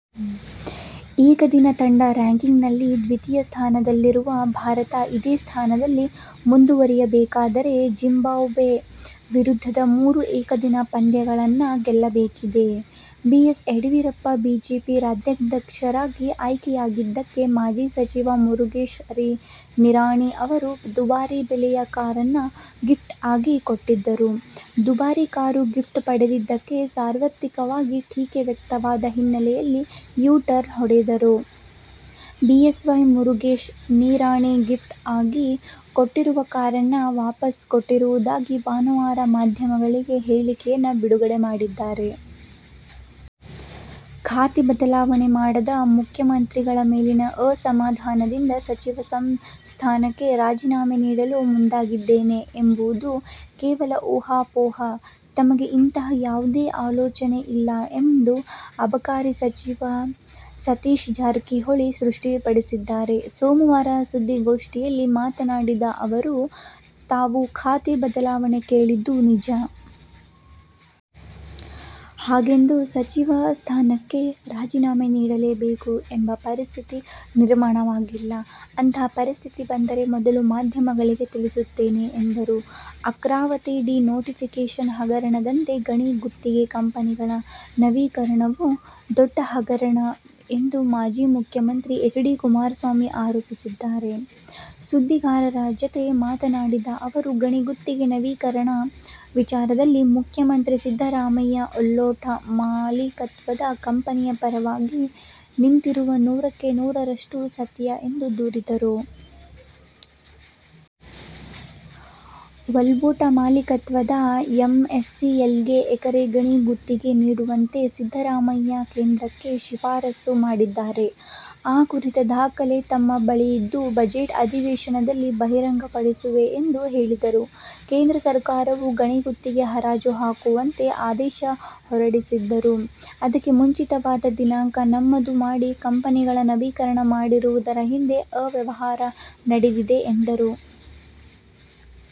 ಏಕದಿನ ತಂಡ ರಾಂಕಿಂಗ್ನಲ್ಲಿ ದ್ವಿತೀಯ ಸ್ಥಾನದಲ್ಲಿರುವ ಭಾರತ ಇದೇ ಸ್ಥಾನದಲ್ಲಿ ಮುಂದುವರಿಯಬೇಕಾದರೆ ಜಿಂಬಾಬ್ವೆ ವಿರುದ್ಧದ ಮೂರೂ ಏಕದಿನ ಪಂದ್ಯಗಳನ್ನು ಗೆಲ್ಲಬೇಕಿದೆ. ಬಿಎಸ್ ಯಡಿಯೂರಪ್ಪ ಬಿಜೆಪಿ ರಾಜ್ಯಾಧ್ಯಕ್ಷರಾಗಿ ಆಯ್ಕೆಯಾಗಿದ್ದಕ್ಕೆ ಮಾಜಿ ಸಚಿವ ಮುರುಗೇಶ್ ನಿರಾಣಿ ಅವರು ದುಬಾರಿ ಬೆಲೆಯ ಕಾರನ್ನು ಗಿಫ್ಟ್ ಆಗಿ ಕೊಟ್ಟಿದ್ದರು. ದುಬಾರಿ ಕಾರು ಗಿಫ್ಟ್ ಪಡೆದಿದ್ದಕ್ಕೆ ಸಾರ್ವತ್ರಿಕವಾಗಿ ಟೀಕೆ ವ್ಯಕ್ತವಾದ ಹಿನ್ನೆಲೆಯಲ್ಲಿ ಯೂ ಟರ್ನ್ ಹೊಡೆದಿರುವ B S Y Murugesh Nirani gift ಆಗಿ ಕೊಟ್ಟಿರುವ ಕಾರನ್ನು ವಾಪಸ್ ಕೊಟ್ಟಿರುವುದಾಗಿ ಭಾನುವಾರ ಮಾಧ್ಯಮಗಳಿಗೆ ಹೇಳಿಕೆಯನ್ನು ಬಿಡುಗಡೆ ಮಾಡಿದ್ದಾರೆ. ಖಾತೆ ಬದಲಾವಣೆ ಮಾಡದ ಮುಖ್ಯಮಂತ್ರಿಗಳ ಮೇಲಿನ ಅಸಮಾಧಾನದಿಂದ ಸಚಿವ ಸ್ಥಾನಕ್ಕೆ ರಾಜೀನಾಮೆ ನೀಡಲು ಮುಂದಾಗಿದ್ದೇನೆ ಎಂಬುದು ಕೇವಲ ಊಹಾಪೋಹ. ತಮಗೆ ಇಂತಹ ಯಾವುದೇ ಆಲೋಚನೆ ಇಲ್ಲ ಎಂದು ಅಬಕಾರಿ ಸಚಿವ ಸತೀಶ ಜಾರಕಿಹೊಳಿ ಸ್ಪಷ್ಟಪಡಿಸಿದ್ದಾರೆ. ಸೋಮವಾರ ಸುದ್ದಿಗೋಷ್ಠಿಯಲ್ಲಿ ಮಾತನಾಡಿದ ಅವರು, ತಾವು ಖಾತೆ ಬದಲಾವಣೆ ಕೇಳಿದ್ದು ನಿಜ. ಹಾಗೆಂದು ಸಚಿವ ಸ್ಥಾನಕ್ಕೆ ರಾಜೀನಾಮೆ ನೀಡಲೇಬೇಕು ಎಂಬ ಪರಿಸ್ಥಿತಿ ನಿರ್ಮಾಣವಾಗಿಲ್ಲ. ಅಂತಹ ಪರಿಸ್ಥಿತಿ ಬಂದರೆ ಮೊದಲು ಮಾಧ್ಯಮಗಳಿಗೇ ತಿಳಿಸುತ್ತೇನೆ ಎಂದರು. ಅರ್ಕಾವತಿ ಡಿ ನೋಟಿಫಿಕೇಷನ್ ಹಗರಣದಂತೆ ಗಣಿ ಗುತ್ತಿಗೆ ಕಂಪನಿಗಳ ನವೀಕರಣವೂ ದೊಡ್ಡ ಹಗರಣ ಎಂದು ಮಾಜಿ ಮುಖ್ಯಮಂತ್ರಿ ಎಚ್. ಡಿ. ಕುಮಾರಸ್ವಾಮಿ ಆರೋಪಿಸಿದ್ದಾರೆ. ಸುದ್ದಿಗಾರರ ಜತೆ ಮಾತನಾಡಿದ ಅವರು, ಗಣಿ ಗುತ್ತಿಗೆ ನವೀಕರಣ ವಿಚಾರದಲ್ಲಿ ಮುಖ್ಯಮಂತ್ರಿ ಸಿದ್ದರಾಮಯ್ಯ ಬಲ್ಡೋಟ ಮಾಲಿಕತ್ವದ ಕಂಪನಿ ಪರವಾಗಿ ನಿಂತಿರುವುದು ನೂರಕ್ಕೆ ನೂರರಷ್ಟು ಸತ್ಯ ಎಂದು ದೂರಿದರು. ಬಲ್ಡೋಟ ಮಾಲಿಕತ್ವದ ಎಂಎಸ್ಪಿಎಲ್ಗೆ ಎಕರೆ ಗಣಿ ಗುತ್ತಿಗೆ ನೀಡುವಂತೆ ಸಿದ್ದರಾಮಯ್ಯ ಕೇಂದ್ರಕ್ಕೆ ಶಿಫಾರಸು ಮಾಡಿದ್ದಾರೆ. ಆ ಕುರಿತ ದಾಖಲೆ ತಮ್ಮ ಬಳಿಯಿದ್ದು, ಬಜೆಟ್ ಅಧಿವೇಶನದಲ್ಲಿ ಬಹಿರಂಗಪಡಿಸುವೆ ಎಂದು ಹೇಳಿದರು. ಕೇಂದ್ರ ಸರ್ಕಾರವು ಗಣಿ ಗುತ್ತಿಗೆ ಹರಾಜು ಹಾಕುವಂತೆ ಆದೇಶ ಹೊರಡಿಸಿದ್ದರೂ ಅದಕ್ಕೆ ಮುಂಚಿತವಾದ ದಿನಾಂಕ ನಮೂದು ಮಾಡಿ ಕಂಪನಿಗಳ ನವೀಕರಣ ಮಾಡಿರುವುದರ ಹಿಂದೆ ಅವ್ಯವಹಾರ ನಡೆದಿದೆ ಎಂದರು.